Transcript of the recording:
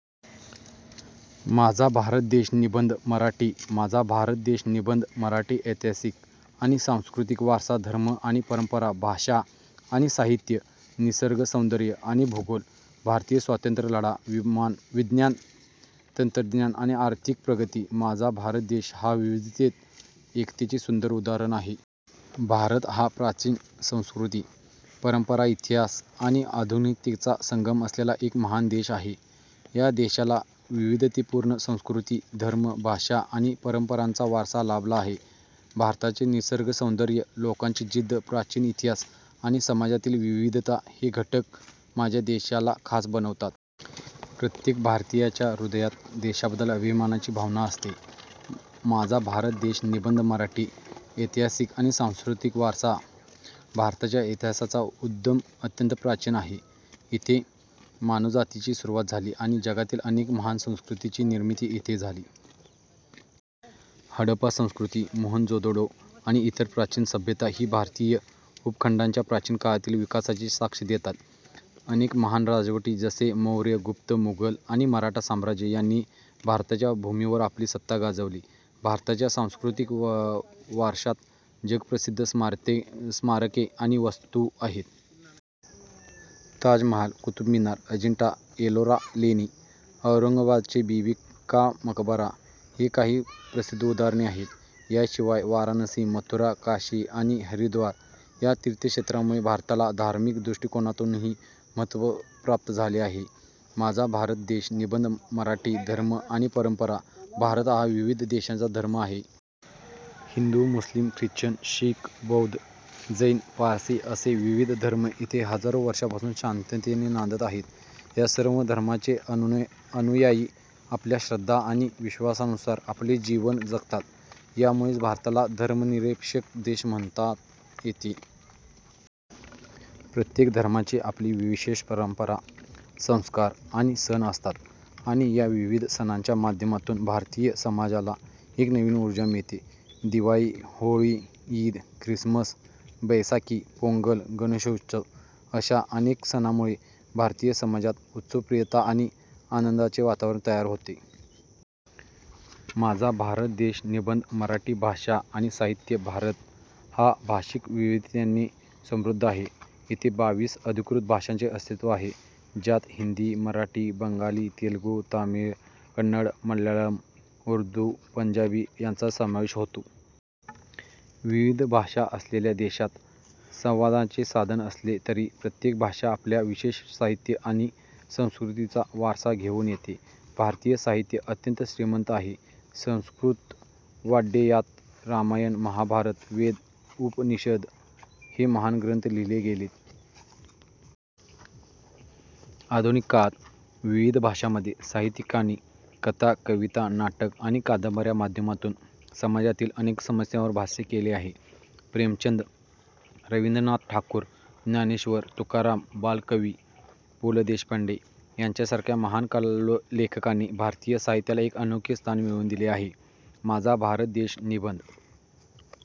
माझा भारत देश निबंध मराठी माझा भारत देश निबंध मराठी ऐतिहासिक आणि सांस्कृतिक वारसा धर्म आणि परंपरा भाषा आणि साहित्य निसर्गसौंदर्य आणि भूगोल भारतीय स्वातंत्र्य लढा विज्ञान, तंत्रज्ञान, आणि आर्थिक प्रगती माझा भारत देश हा विविधतेत एकतेचे सुंदर उदाहरण आहे. भारत हा प्राचीन संस्कृती, परंपरा, इतिहास, आणि आधुनिकतेचा संगम असलेला एक महान देश आहे. या देशाला वैविध्यपूर्ण संस्कृती, धर्म, भाषा, आणि परंपरांचा वारसा लाभला आहे. भारताचे निसर्गसौंदर्य, लोकांची जिद्द, प्राचीन इतिहास, आणि समाजातील विविधता हे घटक माझ्या देशाला खास बनवतात. प्रत्येक भारतीयाच्या हृदयात देशाबद्दल अभिमानाची भावना असते. माझा भारत देश निबंध मराठी ऐतिहासिक आणि सांस्कृतिक वारसा भारताच्या इतिहासाचा उद्गम अत्यंत प्राचीन आहे. इथे मानवजातीची सुरुवात झाली, आणि जगातील अनेक महान संस्कृतींची निर्मिती इथे झाली. हडप्पा संस्कृती, मोहनजोदडो, आणि इतर प्राचीन सभ्यता ही भारतीय उपखंडाच्या प्राचीन काळातील विकासाची साक्ष देतात. अनेक महान राजवटी, जसे मौर्य, गुप्त, मुघल, आणि मराठा साम्राज्य, यांनी भारताच्या भूमीवर आपली सत्ता गाजवली. भारताच्या सांस्कृतिक वारशात जगप्रसिद्ध स्मारके आणि वास्तू आहेत. ताजमहाल, कुतुब मिनार, अजिंठा एलोरा लेणी, औरंगाबादचे बीबी का मकबरा हे काही प्रसिद्ध उदाहरणे आहेत. याशिवाय, वाराणसी, मथुरा, काशी, आणि हरिद्वार या तीर्थक्षेत्रांमुळे भारताला धार्मिक दृष्टिकोनातूनही महत्त्व प्राप्त झाले आहे. माझा भारत देश निबंध मराठी धर्म आणि परंपरा भारत हा विविध देशाचा धर्म आहे. हिंदू, मुस्लिम, ख्रिश्चन, शीख, बौद्ध, जैन, पारसी असे विविध धर्म इथे हजारो वर्षांपासून शांततेने नांदत आहेत. या सर्व धर्मांचे अनुयायी आपल्या श्रद्धा आणि विश्वासानुसार आपले जीवन जगतात. यामुळेच भारताला धर्मनिरपेक्ष देश म्हणता येते. प्रत्येक धर्माची आपली विशेष परंपरा, संस्कार, आणि सण असतात, आणि या विविध सणांच्या माध्यमातून भारतीय समाजाला एक नवीन ऊर्जा मिळते. दिवाळी, होळी, ईद, ख्रिसमस, बैसाखी, पोंगल, गणेशोत्सव अशा अनेक सणांमुळे भारतीय समाजात उत्सवप्रियता आणि आनंदाचे वातावरण तयार होते. माझा भारत देश निबंध मराठी भाषा आणि साहित्य भारत हा भाषिक वैविध्याने समृद्ध आहे. इथे बावीस अधिकृत भाषांचे अस्तित्व आहे, ज्यात हिंदी, मराठी, बंगाली, तेलुगू, तामिळ, कन्नड, मल्याळम, उर्दू, पंजाबी यांचा समावेश होतो. विविध भाषा असलेल्या देशात संवादाचे साधन असले तरी, प्रत्येक भाषा आपल्या विशेष साहित्य आणि संस्कृतीचा वारसा घेऊन येते. भारतीय साहित्य अत्यंत श्रीमंत आहे. संस्कृत वाङ्मयात रामायण, महाभारत, वेद, उपनिषद हे महान ग्रंथ लिहिले गेले. आधुनिक काळात, विविध भाषांमध्ये साहित्यिकांनी कथा, कविता, नाटक, आणि कादंबऱ्यांच्या माध्यमातून समाजातील अनेक समस्यांवर भाष्य केले आहे. प्रेमचंद, रवींद्रनाथ ठाकूर, ज्ञानेश्वर, तुकाराम, बालकवी, पु. ल. देशपांडे यांसारख्या महान लेखकांनी भारतीय साहित्याला एक अनोखे स्थान मिळवून दिले आहे. माझा भारत देश निबंध